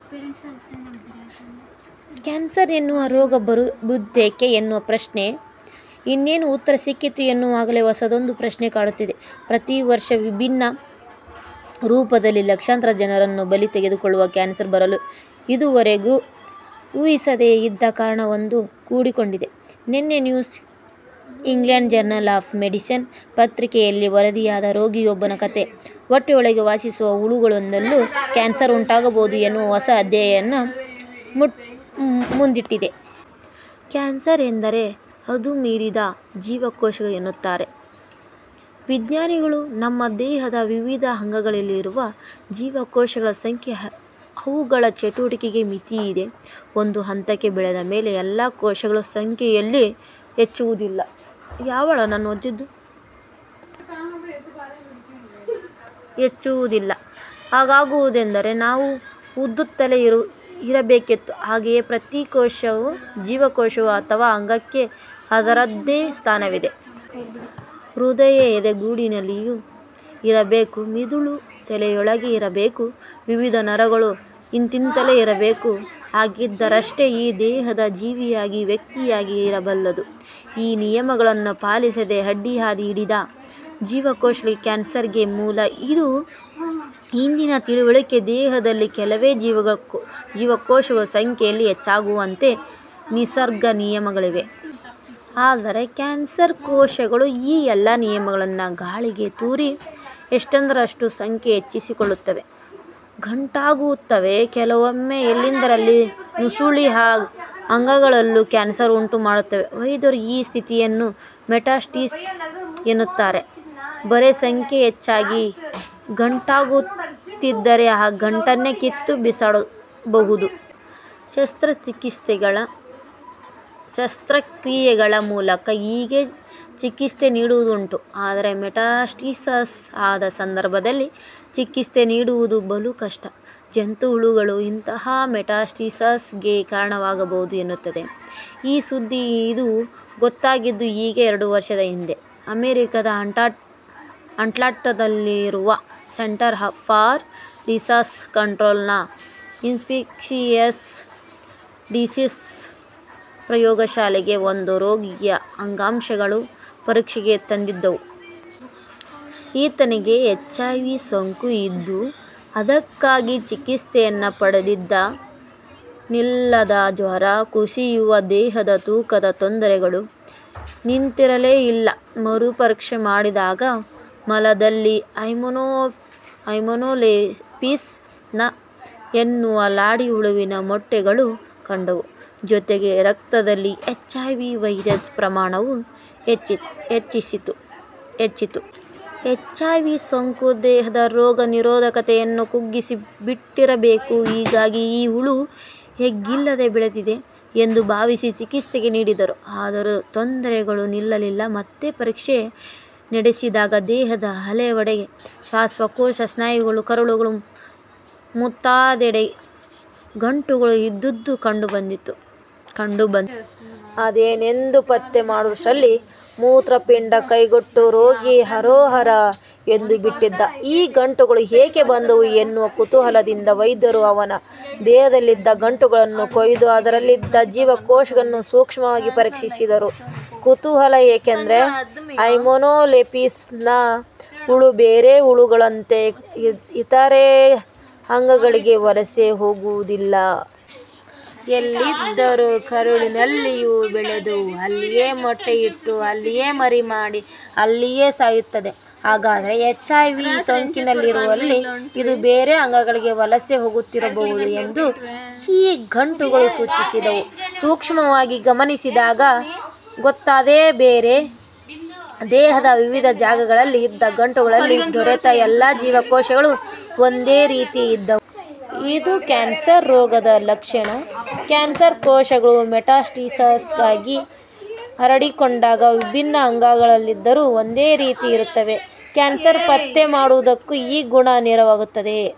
Cancer ಎನ್ನುವ ರೋಗ ಬರುತ್ತದೇಕೆ ಎನ್ನುವ ಪ್ರಶ್ನೆಗೆ ಇನ್ನೇನು ಉತ್ತರ ಸಿಕ್ಕಿತು ಎನ್ನುವಾಗಲೇ ಹೊಸದೊಂದು ಪ್ರಶ್ನೆ ಕಾಡುತ್ತದೆ. ಪ್ರತಿ ವರ್ಷ ವಿಭಿನ್ನ ರೂಪದಲ್ಲಿ ಲಕ್ಷಾಂತರ ಜನರನ್ನು ಬಲಿ ತೆಗೆದುಕೊಳ್ಳುವ ಕ್ಯಾನ್ಸರ್ ಬರಲು ಇದುವರೆವಿಗೂ ಊಹಿಸದೇ ಇದ್ದ ಕಾರಣವೊಂದು ಕೂಡಿಕೊಂಡಿದೆ. ನಿನ್ನೆ New England Journal of Medicine ಪತ್ರಿಕೆಯಲ್ಲಿ ವರದಿಯಾದ ರೋಗಿಯೊಬ್ಬನ ಕಥೆ ಹೊಟ್ಟೆಯೊಳಗೆ ವಾಸಿಸುವ ಹುಳುಗಳಿಂದಲೂ ಕ್ಯಾನ್ಸರ್ ಉಂಟಾಗಬಹುದು ಎನ್ನುವ ಹೊಸ ಸಾಧ್ಯತೆಯನ್ನು ಮುಂದಿಟ್ಟಿದೆ. ಕ್ಯಾನ್ಸರ್ ಎಂದರೆ ಹದ್ದು ಮೀರಿದ ಜೀವಕೋಶಗಳು ಎನ್ನುತ್ತಾರೆ ವಿಜ್ಞಾನಿಗಳು. ನಮ್ಮ ದೇಹದ ವಿವಿಧ ಅಂಗಗಳಲ್ಲಿರುವ ಜೀವಕೋಶಗಳ ಸಂಖ್ಯೆ, ಅವುಗಳ ಚಟುವಟಿಕೆಗೆ ಮಿತಿಯಿದೆ. ಒಂದು ಹಂತಕ್ಕೆ ಬೆಳೆದ ಮೇಲೆ ಎಲ್ಲ ಕೋಶಗಳೂ ಸಂಖ್ಯೆಯಲ್ಲಿ ಹೆಚ್ಚುವುದಿಲ್ಲ. ಹಾಗಾಗುವುದಿದ್ದರೆ ನಾವು ಊದುತ್ತಲೇ ಇರಬೇಕಿತ್ತು. ಹಾಗೆಯೇ ಪ್ರತಿ ಜೀವಕೋಶ ಅಥವಾ ಅಂಗಕ್ಕೆ ಅದರದ್ದೇ ಸ್ಥಾನವಿದೆ. ಹೃದಯ ಎದೆಗೂಡಿನಲ್ಲಿಯೇ ಇರಬೇಕು. ಮಿದುಳು ತಲೆಯೊಳಗೇ ಇರಬೇಕು. ವಿವಿಧ ನರಗಳು ಇಂತಿಂತಲ್ಲೇ ಇರಬೇಕು. ಹಾಗಿದ್ದರಷ್ಟೆ ಈ ದೇಹ ಜೀವಿಯಾಗಿ, ವ್ಯಕ್ತಿಯಾಗಿ ಇರಬಲ್ಲುದು. ಈ ನಿಯಮಗಳನ್ನು ಪಾಲಿಸದೆ ಅಡ್ಡಹಾದಿ ಹಿಡಿದ ಕೋಶಗಳೇ ಕ್ಯಾನ್ಸರ್ ಗೆ ಮೂಲ. ಇದು ಇಂದಿನ ತಿಳುವಳಿಕೆ. ದೇಹದಲ್ಲಿ ಕೆಲವೇ ಜೀವಕೋಶಗಳು ಸಂಖ್ಯೆಯಲ್ಲಿ ಹೆಚ್ಚಾಗುವಂತೆ ನಿಸರ್ಗ ನಿಯಮಗಳಿವೆ. ಆದರೆ ಕ್ಯಾನ್ಸರ್ ಕೋಶಗಳು ಈ ಎಲ್ಲ ನಿಯಮಗಳನ್ನೂ ಗಾಳಿಗೆ ತೂರಿ ಎಷ್ಟೆಂದರಷ್ಟು ಸಂಖ್ಯೆ ಹೆಚ್ಚಿಸಿಕೊಳ್ಳುತ್ತವೆ, ಗಂಟಾಗುತ್ತವೆ. ಕೆಲವೊಮ್ಮೆ ಎಲ್ಲೆಂದರಲ್ಲಿ ನುಸುಳಿ ಆ ಅಂಗಗಳಲ್ಲೂ ಕ್ಯಾನ್ಸರ್ ಉಂಟು ಮಾಡುತ್ತವೆ. ವೈದ್ಯರು ಈ ಸ್ಥಿತಿಯನ್ನು ಮೆಟಾಸ್ಟಾಸಿಸ್ ಎನ್ನುತ್ತಾರೆ. ಬರೇ ಸಂಖ್ಯೆ ಹೆಚ್ಚಾಗಿ ಗಂಟಾಗುತ್ತಿದ್ದರೆ, ಆ ಗಂಟನ್ನೇ ಕಿತ್ತು ಬಿಸಾಡಬಹುದು. ಶಸ್ತ್ರಕ್ರಿಯೆಗಳ ಮೂಲಕ ಹೀಗೆ ಚಿಕಿತ್ಸೆ ನೀಡುವುದುಂಟು. ಆದರೆ ಮೆಟಾಸ್ಟಾಸಿಸ್ ಆದ ಸಂದರ್ಭದಲ್ಲಿ ಚಿಕಿತ್ಸೆ ನೀಡುವುದು ಬಲು ಕಷ್ಟ. ಜಂತುಹುಳುಗಳೂ ಇಂತಹ ಮೆಟಾಸ್ಟಾಸಿಸ್ ಗೆ ಕಾರಣವಾಗಬಹುದು ಎನ್ನುತ್ತದೆ ಈ ಸುದ್ದಿ. ಇದು ಗೊತ್ತಾಗಿದ್ದು ಹೀಗೆ. ಎರಡು ವರ್ಷದ ಹಿಂದೆ, ಅಮೆರಿಕೆಯ ಅಟ್ಲಾಂಟಾದಲ್ಲಿರುವ ಸೆಂಟರ್ ಫಾರ್ ಡಿಸೀಸ್ ಕಂಟ್ರೋಲ್ ನ ಇನ್ಫೆಕ್ಶಿಯಸ್ ಡಿಸೀಸಸ್ ಪ್ರಯೋಗಶಾಲೆಗೆ ಒಬ್ಬ ರೋಗಿಯ ಅಂಗಾಂಶಗಳು ಪರೀಕ್ಷೆಗೆ ಬಂದಿದ್ದುವು. ಈತನಿಗೆ ಎಚ್ ಐ ವಿ. ಸೋಂಕು ಇದ್ದು ಅದಕ್ಕಾಗಿ ಚಿಕಿತ್ಸೆಯನ್ನೂ ಪಡೆದಿದ್ದ. ನಿಲ್ಲದ ಜ್ವರ, ಕುಸಿಯುವ ದೇಹತೂಕದ ತೊಂದರೆಗಳು ನಿಂತಿರಲೇ ಇಲ್ಲ. ಮರು ಪರೀಕ್ಷೆ ಮಾಡಿದಾಗ ಮಲದಲ್ಲಿ ಹೈಮೆನೋಲೆಪಿಸ್ ನಾನಾ ಎನ್ನುವ ಲಾಡಿಹುಳುವಿನ ಮೊಟ್ಟೆಗಳು ಕಂಡುವು. ಜೊತೆಗೆ ರಕ್ತದಲ್ಲಿ ಎಚ್ ಐ ವಿ. ವೈರಸ್ ಪ್ರಮಾಣವೂ ಹೆಚ್ಚಿತ್ತು. H I V. ಸೋಂಕು ದೇಹದ ರೋಗ ನಿರೋಧಕತೆಯನ್ನು ಕುಗ್ಗಿಸಿಬಿಟ್ಟಿರಬೇಕು. ಹೀಗಾಗಿ ಈ ಹುಳು ಎಗ್ಗಿಲ್ಲದೆ ಬೆಳೆದಿದೆ ಎಂದು ಭಾವಿಸಿ ಚಿಕಿತ್ಸೆ ನೀಡಿದರು. ಆದರೂ ತೊಂದರೆಗಳು ನಿಲ್ಲಲಿಲ್ಲ. ಮತ್ತೆ ಪರೀಕ್ಷೆ ನಡೆಸಿದಾಗ ದೇಹದ ಹಲವೆಡೆ, ಶ್ವಾಸಕೋಶ, ಸ್ನಾಯುಗಳು, ಕರುಳು ಮುಂತಾದೆಡೆ ಗಂಟುಗಳು ಇದ್ದುದು ಕಂಡು ಬಂತು. ಅದೇನೆಂದು ಪತ್ತೆ ಮಾಡುವಷ್ಟರಲ್ಲಿ ಮೂತ್ರಪಿಂಡ ಕೈಕೊಟ್ಟು ರೋಗಿ ಹರೋಹರ ಎಂದುಬಟ್ಟಿದ್ದ. ಈ ಗಂಟುಗಳು ಏಕೆ ಬಂದುವು ಎನ್ನುವ ಕುತೂಹಲದಿಂದ ವೈದ್ಯರು ಅವನ ದೇಹದಲ್ಲಿದ್ದ ಗಂಟುಗಳನ್ನು ಕೊಯ್ದು ಅದರಲ್ಲಿದ್ದ ಜೀವಕೋಶಗಳನ್ನು ಸೂಕ್ಷ್ಮವಾಗಿ ಪರೀಕ್ಷಿಸಿದರು. ಕುತೂಹಲ ಏಕೆಂದರೆ ಹೈಮೆನೊಲೆಪಿಸ್ ನಾನಾ ಹುಳು ಬೇರೆ ಹುಳುಗಳಂತೆ ಇತರೆ ಅಂಗಗಳಿಗೆ ವಲಸೆ ಹೋಗುವುದಿಲ್ಲ. ಏನಿದ್ದರೂ ಕರುಳಿನಲ್ಲಿಯೇ ಬೆಳೆದು, ಅಲ್ಲಿಯೇ ಮೊಟ್ಟೆಯಿಟ್ಟು, ಅಲ್ಲಿಯೇ ಮರಿ ಮಾಡಿ, ಅಲ್ಲಿಯೇ ಸಾಯುತ್ತದೆ. ಹಾಗಿದ್ದರೆ ಎಚ್ ಐ ವಿ ಸೋಂಕಿರುವವರಲ್ಲಿ ಇದು ಬೇರೆ ಅಂಗಗಳಿಗೆ ವಲಸೆ ಹೋಗುತ್ತಿರಬಹುದು ಎಂದು ಈ ಗಂಟುಗಳು ಸೂಚಿಸಿದ್ದವು. ಸೂಕ್ಷ್ಮವಾಗಿ ಗಮನಿಸಿದಾಗ ಗೊತ್ತಾದ್ದೇ ಬೇರೆ. ದೇಹದ ವಿವಿಧ ಜಾಗಗಳಲ್ಲಿ ಇದ್ದ ಗಂಟುಗಳಲ್ಲಿ ದೊರೆತ ಎಲ್ಲ ಜೀವಕೋಶಗಳೂ ಒಂದೇ ರೀತಿ ಇದ್ದುವು. ಇದು ಕ್ಯಾನ್ಸರ್ ರೋಗದ ಲಕ್ಷಣ. ಕ್ಯಾನ್ಸರ್ ಕೋಶಗಳು ಮೆಟಾಸ್ಟಾಸಿಸ್ ಆಗಿ ಹರಡಿಕೊಂಡಾಗ ವಿಭಿನ್ನ ಅಂಗಗಳಲ್ಲಿದ್ದರೂ ಒಂದೇ ರೀತಿ ಇರುತ್ತವೆ. ಕ್ಯಾನ್ಸರ್ ಪತ್ತೆ ಮಾಡುವುದಕ್ಕೂ ಈ ಗುಣ ನೆರವಾಗುತ್ತದೆ.